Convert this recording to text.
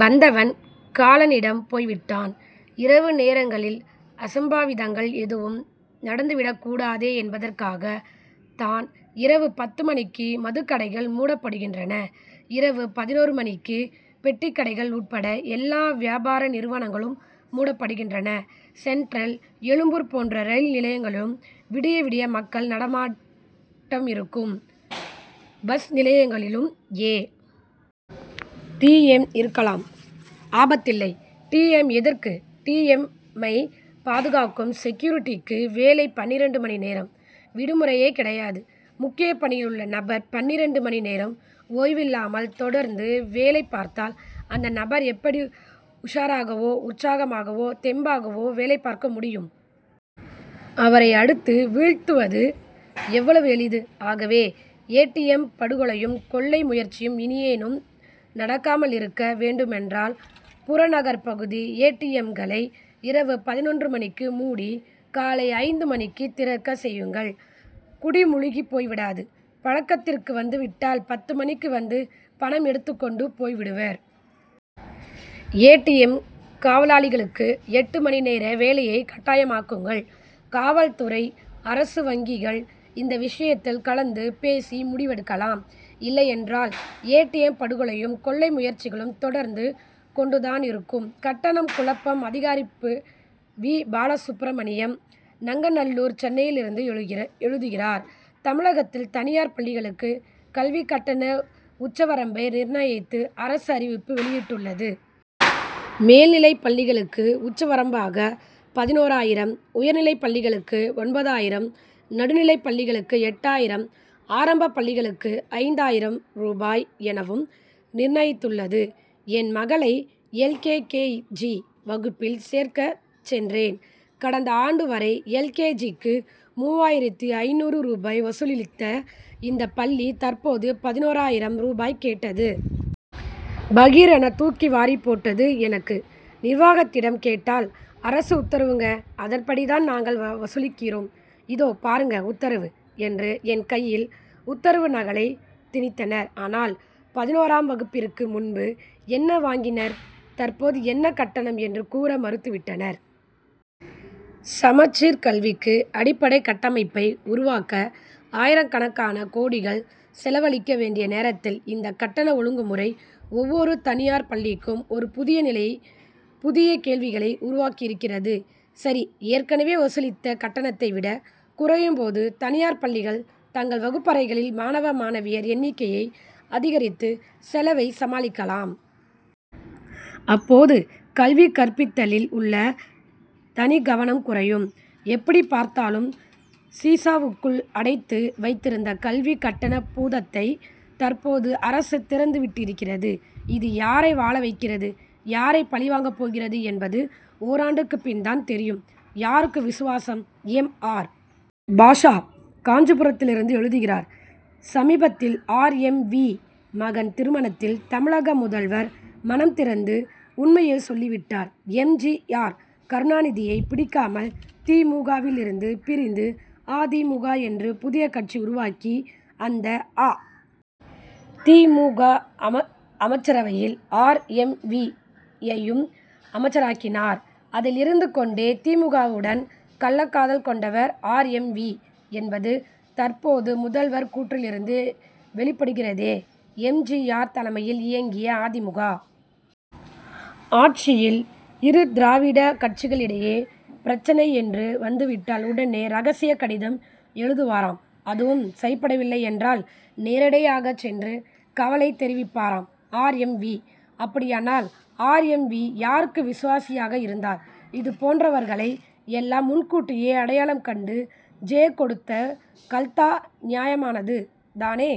வந்தவன், காலனிடம் போய்விட்டான். இரவு நேரங்களில் அசம்பாவிதங்கள் எதுவும் நடந்துவிடக்கூடாதே என்பதற்காகத் தான், இரவு பத்து மணிக்கு மதுக்கடைகள் மூடப்படுகின்றன. இரவு பதினொன்று மணிக்கு பெட்டிக்கடைகள் உட்பட, எல்லா வியாபார நிறுவனங்களும் மூடப்படுகின்றன. சென்ட்ரல்-எழும்பூர் போன்ற ரயில் நிலையங்களிலும், விடியவிடிய மக்கள் நடமாட்டமிருக்கும், பஸ் நிலையங்களிலும் ஏ. டி. எம்., இருக்கலாம்; ஆபத்தில்லை! டி. எம்., எதற்கு? டி. எம்.,மை பாதுகாக்கும் செக்யூரிட்டிக்கு, வேலை பன்னிரண்டு மணி நேரம்; விடுமுறையே கிடையாது. முக்கிய பணியில் உள்ள நபர், பன்னிரண்டு மணிநேரம் ஓய்வில்லாமல் தொடர்ந்து வேலைப் பார்த்தால், அந்த நபர் எப்படி உஷாராகவோ, உற்சாகமாகவோ, தெம்பாகவோ வேலை பார்க்க முடியும்? அவரை அடித்து வீழ்த்துவது எவ்வளவு எளிது! ஆகவே, ஏ. டி. எம்., படுகொலையும், கொள்ளை முயற்சியும் இனியேனும் நடக்காமலிருக்க வேண்டுமென்றால், புறநகர் பகுதி ஏ. டி. எம்.,களை, இரவு பதினொன்று மணிக்கு மூடி, காலை ஐந்து மணிக்குத் திறக்கச் செய்யுங்கள்; குடி முழுகிப் போய்விடாது! பழக்கத்திற்கு வந்து விட்டால், பத்து மணிக்கு வந்து, பணம் எடுத்துக்கொண்டு போய் விடுவர். ஏ. டி. எம்., காவலாளிகளுக்கு, எட்டு மணி நேர வேலையைக் கட்டாயமாக்குங்கள். காவல்துறை, அரசு வங்கிகள் இந்த விஷயத்தில் கலந்து பேசி முடிவெடுக்கலாம். இல்லையென்றால், ஏ. டி. எம்., படுகொலைகளும், கொள்ளை முயற்சிகளும் தொடர்ந்து கொண்டுதானிருக்கும். கட்டணம் குழப்பம் அதிகரிப்பு வி. பாலசுப்ரமணியம், நங்கநல்லூர், சென்னையிலிருந்து எழுதுகிறார்: தமிழகத்தில் தனியார் பள்ளிகளுக்கு கல்விக் கட்டண உச்சவரம்பை நிர்ணயித்து அரசு அறிவிப்பு வெளியிட்டுள்ளது. மேல்நிலைப் பள்ளிகளுக்கு உச்சவரம்பாக பதினோராயிரம், உயர்நிலைப் பள்ளிகளுக்கு ஒன்பதாயிரம், நடுநிலைப் பள்ளிகளுக்கு எட்டாயிரம், ஆரம்பப் பள்ளிகளுக்கு ஐந்தாயிரம் ரூபாய் எனவும் நிர்ணயித்துள்ளது. என் மகளை, எல். கே. கே. ஜி., வகுப்பில் சேர்க்கச் சென்றேன். கடந்த ஆண்டு வரை, எல். கே. ஜி.,க்கு மூவாயிரத்து ஐந்நூறு ரூபாய் வசூலித்த இந்தப் பள்ளி, தற்போது, பதினோராயிரம் ரூபாய் கேட்டது. பகீர்' என, தூக்கி வாரிப் போட்டது எனக்கு! நிர்வாகத்திடம் கேட்டால், அரசு உத்தரவுங்கஅதன்படி தான் நாங்கள் வசூலிக்கிறோம். இதோ பாருங்க, உத்தரவு' என்று என் கையில், உத்தரவு நகலைத் திணித்தனர். ஆனால், பதினோராம் வகுப்பிற்கு முன்பு என்ன வாங்கினர், தற்போது என்ன கட்டணம் என்று கூற மறுத்து விட்டனர். சமச்சீர் கல்விக்கு அடிப்படைக் கட்டமைப்பை உருவாக்க ஆயிரக்கணக்கான கோடிகள் செலவழிக்க வேண்டிய நேரத்தில், இந்த கட்டண ஒழுங்குமுறை ஒவ்வொரு தனியார் பள்ளிக்கும் ஒரு புதிய நிலையை, புதிய கேள்விகளை உருவாக்கியிருக்கிறது. சரிஏற்கனவே வசூலித்த கட்டணத்தை விட குறையும் போது, தனியார் பள்ளிகள் தங்கள் வகுப்பறைகளில் மாணவ, மாணவியர் எண்ணிக்கையை அதிகரித்து செலவைச் சமாளிக்கலாம். அப்போது, கல்வி கற்பித்தலில் உள்ள தனிக்கவனம் குறையும். எப்படிப்பார்த்தாலும், சீசாவுக்குள் அடைத்து வைத்திருந்த கல்விக் கட்டண பூதத்தை தற்போது அரசு திறந்து விட்டிருக்கிறது. இது யாரை வாழ வைக்கிறது, யாரை பலிவாங்கப் போகிறது என்பது ஓராண்டுக்குப் பின் தான் தெரியும். யாருக்கு விசுவாசம்? எம். ஆர். பாஷா, காஞ்சிபுரத்திலிருந்து எழுதுகிறார்: சமீபத்தில் ஆர். எம். வீ., மகன் திருமணத்தில், தமிழக முதல்வர் மனம் திறந்து உண்மையை சொல்லிவிட்டார். எம். ஜி. ஆர்., கருணாநிதியை பிடிக்காமல், தி. மு. க.,விலிருந்து பிரிந்து, அ. தி. மு. க., என்று புதிய கட்சி உருவாக்கி, அந்த அ. தி. மு. க., அமைச்சரவையில், ஆர். எம். வீ.,யையும் அமைச்சராக்கினார். அதில் இருந்து கொண்டே, தி. மு. க.,வுடன், கள்ளக்காதல்' கொண்டவர் ஆர். எம். வீ., என்பது, தற்போது முதல்வர் கூற்றிலிருந்து வெளிப்படுகிறதே! எம். ஜி. ஆர்., தலைமையில் இயங்கிய அ. தி. மு. க., ஆட்சியில், இரு திராவிட கட்சிகளிடையே பிரச்னை என்று வந்துவிட்டால், உடனே ரகசிய கடிதம் எழுதுவாராம்அதுவும் சரிப்படவில்லை என்றால், நேரிடையாக சென்று கவலை தெரிவிப்பாராம் ஆர். எம். வீ., அப்படியானால், ஆர். எம். வீ., யாருக்கு விசுவாசியாக இருந்தார்? இது போன்றவர்களை எல்லாம் முன்கூட்டியே அடையாளம் கண்டு, ஜெ., கொடுத்த, கல்தா' நியாயமானது தானே!